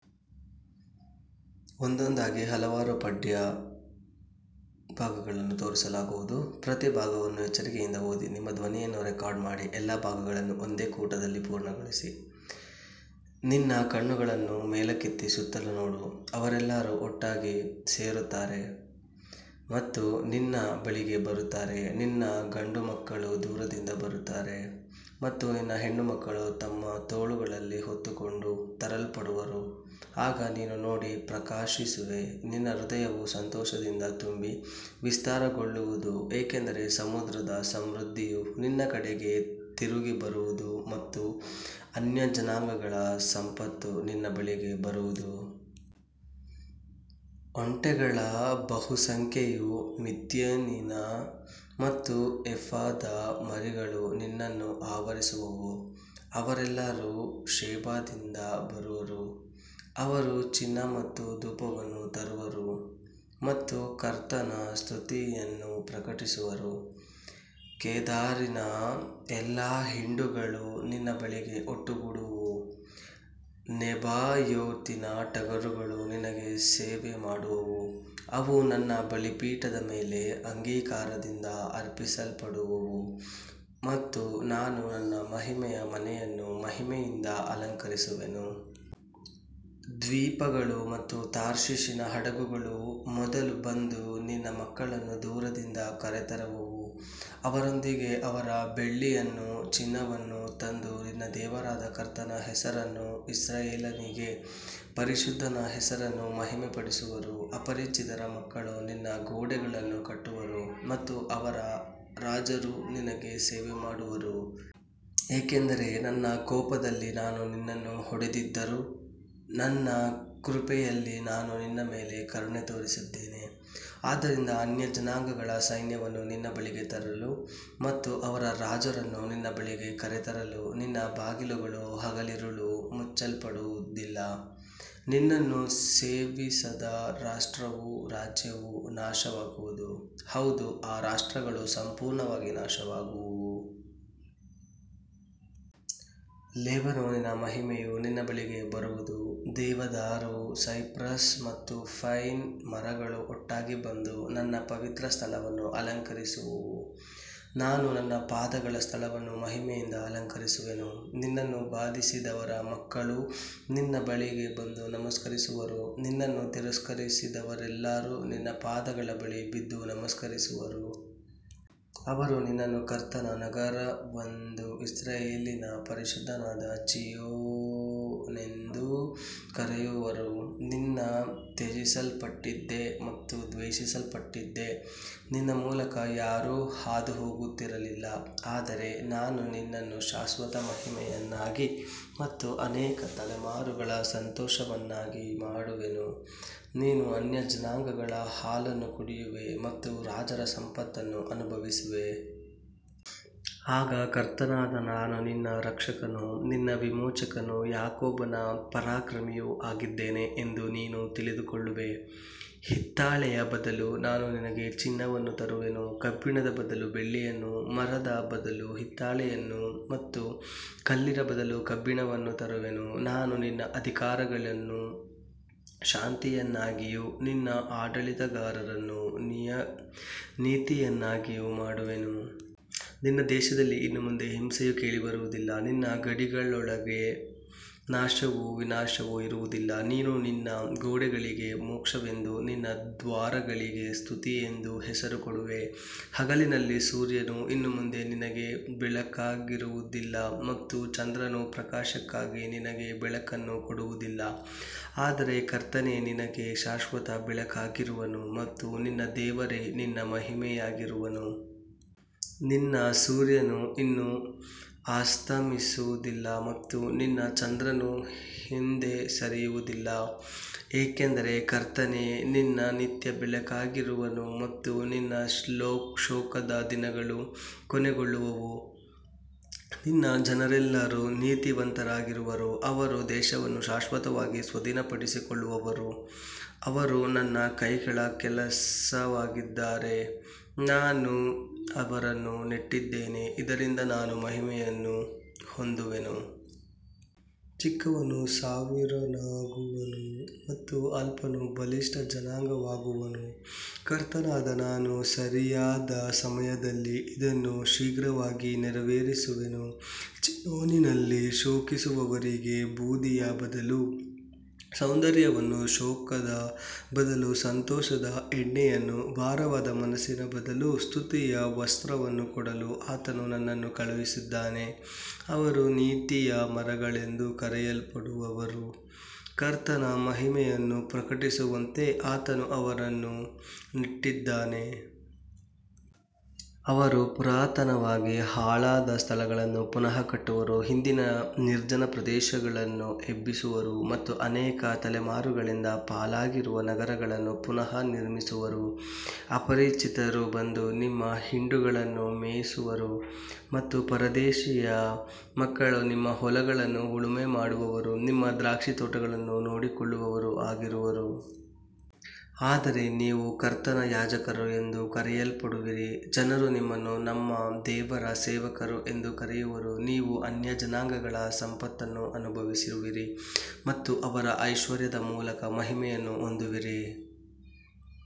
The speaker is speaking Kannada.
ನಿನ್ನ ಕಣ್ಣುಗಳನ್ನು ಮೇಲಕ್ಕೆತ್ತಿ ಸುತ್ತಲೂ ನೋಡು; ಅವರೆಲ್ಲರೂ ಒಟ್ಟಾಗಿ ಸೇರುತ್ತಾರೆ ಮತ್ತು ನಿನ್ನ ಬಳಿಗೆ ಬರುತ್ತಾರೆ. ನಿನ್ನ ಗಂಡುಮಕ್ಕಳು ದೂರದಿಂದ ಬರುತ್ತಾರೆ ಮತ್ತು ನಿನ್ನ ಹೆಣ್ಣುಮಕ್ಕಳು ತಮ್ಮ ತೋಳುಗಳಲ್ಲಿ ಹೊತ್ತುಕೊಂಡು ತರಲ್ಪಡುವರು. ಆಗ ನೀನು ನೋಡಿ ಪ್ರಕಾಶಿಸುವೆ; ನಿನ್ನ ಹೃದಯವು ಸಂತೋಷದಿಂದ ತುಂಬಿ ವಿಸ್ತಾರಗೊಳ್ಳುವುದು. ಏಕೆಂದರೆ ಸಮುದ್ರದ ಸಮೃದ್ಧಿಯು ನಿನ್ನ ಕಡೆಗೆ ತಿರುಗಿಬರುವುದು ಮತ್ತು ಅನ್ಯಜನಾಂಗಗಳ ಸಂಪತ್ತು ನಿನ್ನ ಬಳಿಗೆ ಬರುವುದು. ಒಂಟೆಗಳ ಬಹುಸಂಖ್ಯೆಯೂ ಮಿದ್ಯಾನಿನ ಮತ್ತು ಎಫಾದ ಮರಿಗಳೂ ನಿನ್ನನ್ನು ಆವರಿಸುವವು. ಅವರೆಲ್ಲರೂ ಶೆಬಾದಿಂದ ಬರುವರು; ಅವರು ಚಿನ್ನ ಮತ್ತು ಧೂಪವನ್ನು ತರುವರು ಮತ್ತು ಕರ್ತನ ಸ್ತುತಿಯನ್ನು ಪ್ರಕಟಿಸುವರು. ಕೇದಾರಿನ ಎಲ್ಲಾ ಹಿಂಡುಗಳು ನಿನ್ನ ಬಳಿಗೆ ಒಟ್ಟುಗೂಡುವವು; ನೆಬಾಯೋತಿನ ಟಗರುಗಳು ನಿನಗೆ ಸೇವೆ ಮಾಡುವವು. ಅವು ನನ್ನ ಬಲಿಪೀಠದ ಮೇಲೆ ಅಂಗೀಕಾರದಿಂದ ಅರ್ಪಿಸಲ್ಪಡುವವು ಮತ್ತು ನಾನು ನನ್ನ ಮಹಿಮೆಯ ಮನೆಯನ್ನು ಮಹಿಮೆಯಿಂದ ಅಲಂಕರಿಸುವೆನು. ದ್ವೀಪಗಳು ಮತ್ತು ತಾರ್ಷೀಷಿನ ಹಡಗುಗಳು ಮೊದಲು ಬಂದು ನಿನ್ನ ಮಕ್ಕಳನ್ನು ದೂರದಿಂದ ಕರೆತರುವವು. ಅವರೊಂದಿಗೆ ಅವರ ಬೆಳ್ಳಿಯನ್ನೂ ಚಿನ್ನವನ್ನೂ ತಂದು ನಿನ್ನ ದೇವರಾದ ಕರ್ತನ ಹೆಸರನ್ನೂ ಇಸ್ರಾಯೇಲಿನ ಪರಿಶುದ್ಧನ ಹೆಸರನ್ನೂ ಮಹಿಮೆಪಡಿಸುವರು. ಅಪರಿಚಿತರ ಮಕ್ಕಳು ನಿನ್ನ ಗೋಡೆಗಳನ್ನು ಕಟ್ಟುವರು ಮತ್ತು ಅವರ ರಾಜರು ನಿನಗೆ ಸೇವೆ ಮಾಡುವರು. ಏಕೆಂದರೆ ನನ್ನ ಕೋಪದಲ್ಲಿ ನಾನು ನಿನ್ನನ್ನು ಹೊಡೆದಿದ್ದರೂ, ನನ್ನ ಕೃಪೆಯಲ್ಲಿ ನಾನು ನಿನ್ನ ಮೇಲೆ ಕರುಣೆ ತೋರಿಸಿದ್ದೇನೆ. ಆದ್ದರಿಂದ ಅನ್ಯಜನಾಂಗಗಳ ಸೈನ್ಯವನ್ನು ನಿನ್ನ ಬಳಿಗೆ ತರಲು ಮತ್ತು ಅವರ ರಾಜರನ್ನು ನಿನ್ನ ಬಳಿಗೆ ಕರೆತರಲು ನಿನ್ನ ಬಾಗಿಲುಗಳು ಹಗಲಿರುಳು ಮುಚ್ಚಲ್ಪಡುವುದಿಲ್ಲ. ನಿನ್ನನ್ನು ಸೇವಿಸದ ರಾಷ್ಟ್ರವೂ ರಾಜ್ಯವೂ ನಾಶವಾಗುವುದು; ಹೌದು, ಆ ರಾಷ್ಟ್ರಗಳು ಸಂಪೂರ್ಣವಾಗಿ ನಾಶವಾಗುವವು. ಲೆಬನೋನಿನ ಮಹಿಮೆಯು ನಿನ್ನ ಬಳಿಗೆ ಬರುವುದು; ದೇವದಾರು, ಸೈಪ್ರಸ್ ಮತ್ತು ಪೈನ್ ಮರಗಳು ಒಟ್ಟಾಗಿ ಬಂದು ನನ್ನ ಪವಿತ್ರ ಸ್ಥಳವನ್ನು ಅಲಂಕರಿಸುವವು. ನಾನು ನನ್ನ ಪಾದಗಳ ಸ್ಥಳವನ್ನು ಮಹಿಮೆಯಿಂದ ಅಲಂಕರಿಸುವೆನು. ನಿನ್ನನ್ನು ಬಾಧಿಸಿದವರ ಮಕ್ಕಳು ನಿನ್ನ ಬಳಿಗೆ ಬಂದು ನಮಸ್ಕರಿಸುವರು; ನಿನ್ನನ್ನು ತಿರಸ್ಕರಿಸಿದವರೆಲ್ಲರೂ ನಿನ್ನ ಪಾದಗಳ ಬಳಿ ಬಿದ್ದು ನಮಸ್ಕರಿಸುವರು. ಅವರು ನಿನ್ನನ್ನು ಕರ್ತನ ನಗರವೆಂದೂ ಇಸ್ರಾಯೇಲಿನ ಪರಿಶುದ್ಧನಾದ ಚೀಯೋನೆಂದೂ ಕರೆಯುವರು. ನೀನು ತ್ಯಜಿಸಲ್ಪಟ್ಟಿದ್ದೆ ಮತ್ತು ದ್ವೇಷಿಸಲ್ಪಟ್ಟಿದ್ದೆ; ನಿನ್ನ ಮೂಲಕ ಯಾರೂ ಹಾದುಹೋಗುತ್ತಿರಲಿಲ್ಲ. ಆದರೆ ನಾನು ನಿನ್ನನ್ನು ಶಾಶ್ವತ ಮಹಿಮೆಯನ್ನಾಗಿ ಮತ್ತು ಅನೇಕ ತಲೆಮಾರುಗಳ ಸಂತೋಷವನ್ನಾಗಿ ಮಾಡುವೆನು. ನೀನು ಅನ್ಯಜನಾಂಗಗಳ ಹಾಲನ್ನು ಕುಡಿಯುವೆ ಮತ್ತು ರಾಜರ ಸಂಪತ್ತನ್ನು ಅನುಭವಿಸುವೆ. ಆಗ ಕರ್ತನಾದ ನಾನು ನಿನ್ನ ರಕ್ಷಕನೂ ನಿನ್ನ ವಿಮೋಚಕನೂ ಯಾಕೋಬನ ಪರಾಕ್ರಮಿಯೂ ಆಗಿದ್ದೇನೆ ಎಂದು ನೀನು ತಿಳಿದುಕೊಳ್ಳುವೆ. ಹಿತ್ತಾಳೆಯ ಬದಲು ನಾನು ನಿನಗೆ ಚಿನ್ನವನ್ನು ತರುವೆನು; ಕಬ್ಬಿಣದ ಬದಲು ಬೆಳ್ಳಿಯನ್ನು, ಮರದ ಬದಲು ಹಿತ್ತಾಳೆಯನ್ನು ಮತ್ತು ಕಲ್ಲಿನ ಬದಲು ಕಬ್ಬಿಣವನ್ನು ತರುವೆನು. ನಾನು ನಿನ್ನ ಅಧಿಕಾರಿಗಳನ್ನು ಶಾಂತಿಯನ್ನಾಗಿಯೂ ನಿನ್ನ ಆಡಳಿತಗಾರರನ್ನು ನೀತಿಯನ್ನಾಗಿಯೂ ಮಾಡುವೆನು. ನಿನ್ನ ದೇಶದಲ್ಲಿ ಇನ್ನು ಮುಂದೆ ಹಿಂಸೆಯು ಕೇಳಿಬರುವುದಿಲ್ಲ; ನಿನ್ನ ಗಡಿಗಳೊಳಗೆ ನಾಶವೂ ವಿನಾಶವೂ ಇರುವುದಿಲ್ಲ. ನೀನು ನಿನ್ನ ಗೋಡೆಗಳಿಗೆ ಮೋಕ್ಷವೆಂದೂ ನಿನ್ನ ದ್ವಾರಗಳಿಗೆ ಸ್ತುತಿಯೆಂದೂ ಹೆಸರು ಕೊಡುವೆ. ಹಗಲಿನಲ್ಲಿ ಸೂರ್ಯನು ಇನ್ನು ಮುಂದೆ ನಿನಗೆ ಬೆಳಕಾಗಿರುವುದಿಲ್ಲ ಮತ್ತು ಚಂದ್ರನು ಪ್ರಕಾಶಕ್ಕಾಗಿ ನಿನಗೆ ಬೆಳಕನ್ನು ಕೊಡುವುದಿಲ್ಲ. ಆದರೆ ಕರ್ತನೇ ನಿನಗೆ ಶಾಶ್ವತ ಬೆಳಕಾಗಿರುವನು ಮತ್ತು ನಿನ್ನ ದೇವರೇ ನಿನ್ನ ಮಹಿಮೆಯಾಗಿರುವನು. ನಿನ್ನ ಸೂರ್ಯನು ಇನ್ನು ಅಸ್ತಮಿಸುವುದಿಲ್ಲ ಮತ್ತು ನಿನ್ನ ಚಂದ್ರನು ಹಿಂದೆ ಸರಿಯುವುದಿಲ್ಲ; ಏಕೆಂದರೆ ಕರ್ತನೇ ನಿನ್ನ ನಿತ್ಯ ಬೆಳಕಾಗಿರುವನು ಮತ್ತು ನಿನ್ನ ಶೋಕದ ದಿನಗಳು ಕೊನೆಗೊಳ್ಳುವವು. ನಿನ್ನ ಜನರೆಲ್ಲರೂ ನೀತಿವಂತರಾಗಿರುವರು; ಅವರು ದೇಶವನ್ನು ಶಾಶ್ವತವಾಗಿ ಸ್ವಾಧೀನಪಡಿಸಿಕೊಳ್ಳುವರು. ಅವರು ನನ್ನ ಕೈಗಳ ಕೆಲಸವಾಗಿದ್ದಾರೆ; ನಾನು ಅವರನ್ನು ನೆಟ್ಟಿದ್ದೇನೆ, ಇದರಿಂದ ನಾನು ಮಹಿಮೆಯನ್ನು ಹೊಂದುವೆನು. ಚಿಕ್ಕವನು ಸಾವಿರನಾಗುವನು ಮತ್ತು ಅಲ್ಪನು ಬಲಿಷ್ಠ ಜನಾಂಗವಾಗುವನು. ಕರ್ತನಾದ ನಾನು ಸರಿಯಾದ ಸಮಯದಲ್ಲಿ ಇದನ್ನು ಶೀಘ್ರವಾಗಿ ನೆರವೇರಿಸುವೆನು. ಚೀಯೋನಿನಲ್ಲಿ ಶೋಕಿಸುವವರಿಗೆ ಬೂದಿಯ ಬದಲು ಸೌಂದರ್ಯವನ್ನೂ, ಶೋಕದ ಬದಲು ಸಂತೋಷದ ಎಣ್ಣೆಯನ್ನೂ, ಭಾರವಾದ ಮನಸ್ಸಿನ ಬದಲು ಸ್ತುತಿಯ ವಸ್ತ್ರವನ್ನೂ ಕೊಡಲು ಆತನು ನನ್ನನ್ನು ಕಳುಹಿಸಿದ್ದಾನೆ. ಅವರು ನೀತಿಯ ಮರಗಳೆಂದು ಕರೆಯಲ್ಪಡುವರು; ಕರ್ತನ ಮಹಿಮೆಯನ್ನು ಪ್ರಕಟಿಸುವಂತೆ ಆತನು ಅವರನ್ನು ನೆಟ್ಟಿದ್ದಾನೆ. ಅವರು ಪುರಾತನವಾಗಿ ಹಾಳಾದ ಸ್ಥಳಗಳನ್ನು ಪುನಃ ಕಟ್ಟುವರು; ಹಿಂದಿನ ನಿರ್ಜನ ಪ್ರದೇಶಗಳನ್ನು ಎಬ್ಬಿಸುವರು ಮತ್ತು ಅನೇಕ ತಲೆಮಾರುಗಳಿಂದ ಪಾಳಾಗಿರುವ ನಗರಗಳನ್ನು ಪುನಃ ನಿರ್ಮಿಸುವರು. ಅಪರಿಚಿತರು ಬಂದು ನಿಮ್ಮ ಹಿಂಡುಗಳನ್ನು ಮೇಯಿಸುವರು ಮತ್ತು ಪರದೇಶಿಯ ಮಕ್ಕಳು ನಿಮ್ಮ ಹೊಲಗಳನ್ನು ಉಳುಮೆ ಮಾಡುವವರೂ ನಿಮ್ಮ ದ್ರಾಕ್ಷಿತೋಟಗಳನ್ನು ನೋಡಿಕೊಳ್ಳುವವರೂ ಆಗಿರುವರು. ಆದರೆ ನೀವು ಕರ್ತನ ಯಾಜಕರು ಎಂದು ಕರೆಯಲ್ಪಡುವಿರಿ; ಜನರು ನಿಮ್ಮನ್ನು ನಮ್ಮ ದೇವರ ಸೇವಕರು ಎಂದು ಕರೆಯುವರು. ನೀವು ಅನ್ಯಜನಾಂಗಗಳ ಸಂಪತ್ತನ್ನು ಅನುಭವಿಸುವಿರಿ ಮತ್ತು ಅವರ ಐಶ್ವರ್ಯದ ಮೂಲಕ ಮಹಿಮೆಯನ್ನು ಹೊಂದುವಿರಿ.